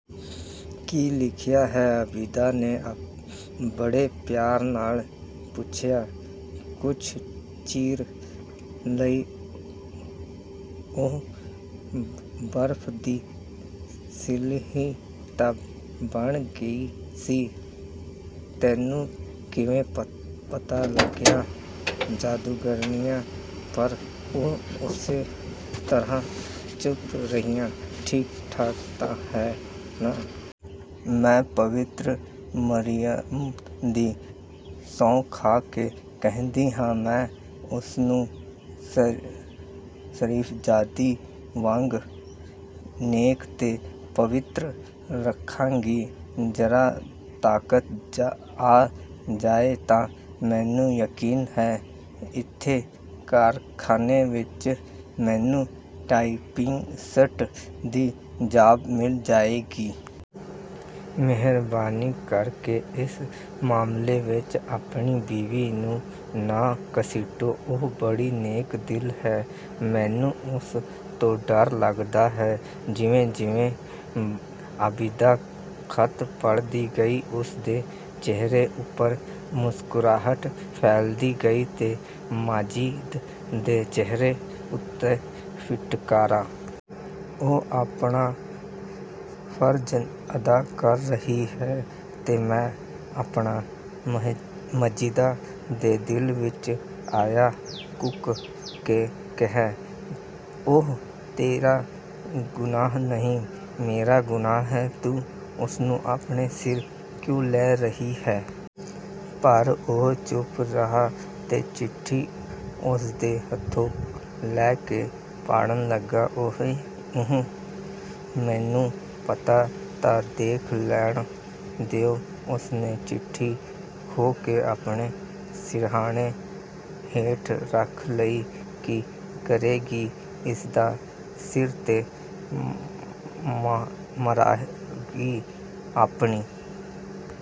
"ਕੀ ਲਿਖਿਆ ਹੈ?" ਆਬਿਦਾ ਨੇ ਬੜੇ ਪਿਆਰ ਨਾਲ ਪੁੱਛਿਆ। ਕੁਝ ਚਿਰ ਲਈ ਉਹ ਬਰਫ਼ ਦੀ ਸਿਲ ਹੀ ਤਾਂ ਬਣ ਗਈਆ ਸੀ। 'ਤੈਨੂੰ ਕਿਵੇਂ ਪਤਾ ਲੱਗਿਆ, ਜਾਦੂਗਰਨੀਏ?' ਪਰ ਉਹ ਉਸੇ ਤਰ੍ਹਾਂ ਚੁੱਪ ਰਿਹਾ। "ਠੀਕ-ਠਾਕ ਤਾਂ ਹੈ ਨਾ?" ਮੈਂ ਪਵਿੱਤਰ ਮਰੀਅਮ ਦੀ ਸਹੁੰ ਖਾ ਕੇ ਕਹਿੰਦੀ ਹਾਂ, ਮੈਂ ਉਸਨੂੰ ਸ਼ਰੀਫ਼ਜ਼ਾਦੀ ਵਾਂਗ ਨੇਕ ਤੇ ਪਵਿੱਤਰ ਰੱਖਾਂਗੀ। ਜ਼ਰਾ ਤਾਕਤ ਆ ਜਾਏ ਤਾਂ ਮੈਨੂੰ ਯਕੀਨ ਹੈ, ਇੱਥੇ ਕਾਰਖਾਨੇ ਵਿੱਚ ਮੈਨੂੰ ਟਾਈਪਿਸਟ ਦੀ 'ਜਾਬ' ਮਿਲ ਜਾਏਗੀ। ਮਿਹਰਬਾਨੀ ਕਰਕੇ ਇਸ ਮਾਮਲੇ ਵਿੱਚ ਆਪਣੀ ਬੀਵੀ ਨੂੰ ਨਾ ਘਸੀਟੋ। ਉਹ ਬੜੀ ਨੇਕ ਦਿਲ ਹੈ, ਮੈਨੂੰ ਉਸ ਤੋਂ ਡਰ ਲੱਗਦਾ ਹੈ।' ਜਿਵੇਂ-ਜਿਵੇਂ ਆਬਿਦਾ ਖ਼ਤ ਪੜ੍ਹਦੀ ਗਈ ਉਸਦੇ ਚਿਹਰੇ ਉੱਪਰ ਮੁਸਕਰਾਹਟ ਫੈਲਦੀ ਗਈ ਤੇ ਮਾਜਿਦ ਦੇ ਚਿਹਰੇ ਉੱਤੇ ਫਿਟਕਾਰਾਂ। "ਉਹ ਆਪਣਾ ਫ਼ਰਜ਼ ਅਦਾ ਕਰ ਰਹੀ ਹੈ ਤੇ ਮੈਂ ਆਪਣਾ।" ਮਾਜਿਦਾ ਦੇ ਦਿਲ ਵਿੱਚ ਆਇਆ ਕੂਕ ਕੇ ਕਹੇ, 'ਉਹ ਤੇਰਾ ਗੁਨਾਹ ਨਹੀਂ, ਮੇਰਾ ਗੁਨਾਹ ਹੈ। ਤੂੰ ਉਸਨੂੰ ਆਪਣੇ ਸਿਰ ਕਿਉਂ ਲੈ ਰਹੀ ਹੈਂ'... ਪਰ ਉਹ ਚੁੱਪ ਰਿਹਾ ਤੇ ਚਿੱਠੀ ਉਸਦੇ ਹੱਥੋਂ ਲੈ ਕੇ ਪਾੜਨ ਲੱਗਾ। "ਓ-ਹੋ, ਮੈਨੂੰ ਪਤਾ ਤਾਂ ਦੇਖ ਲੈਣ ਦਿਓ।" ਉਸਨੇ ਚਿੱਠੀ ਖੋਹ ਕੇ ਆਪਣੇ ਸਿਰਹਾਣੇ ਹੇਠ ਰੱਖ ਲਈ। "ਕੀ ਕਰੇਂਗੀ ਇਸਦਾ?" "ਸਿਰ 'ਤੇ ਮਾਰਾਂਗੀ ਆਪਣੇ।"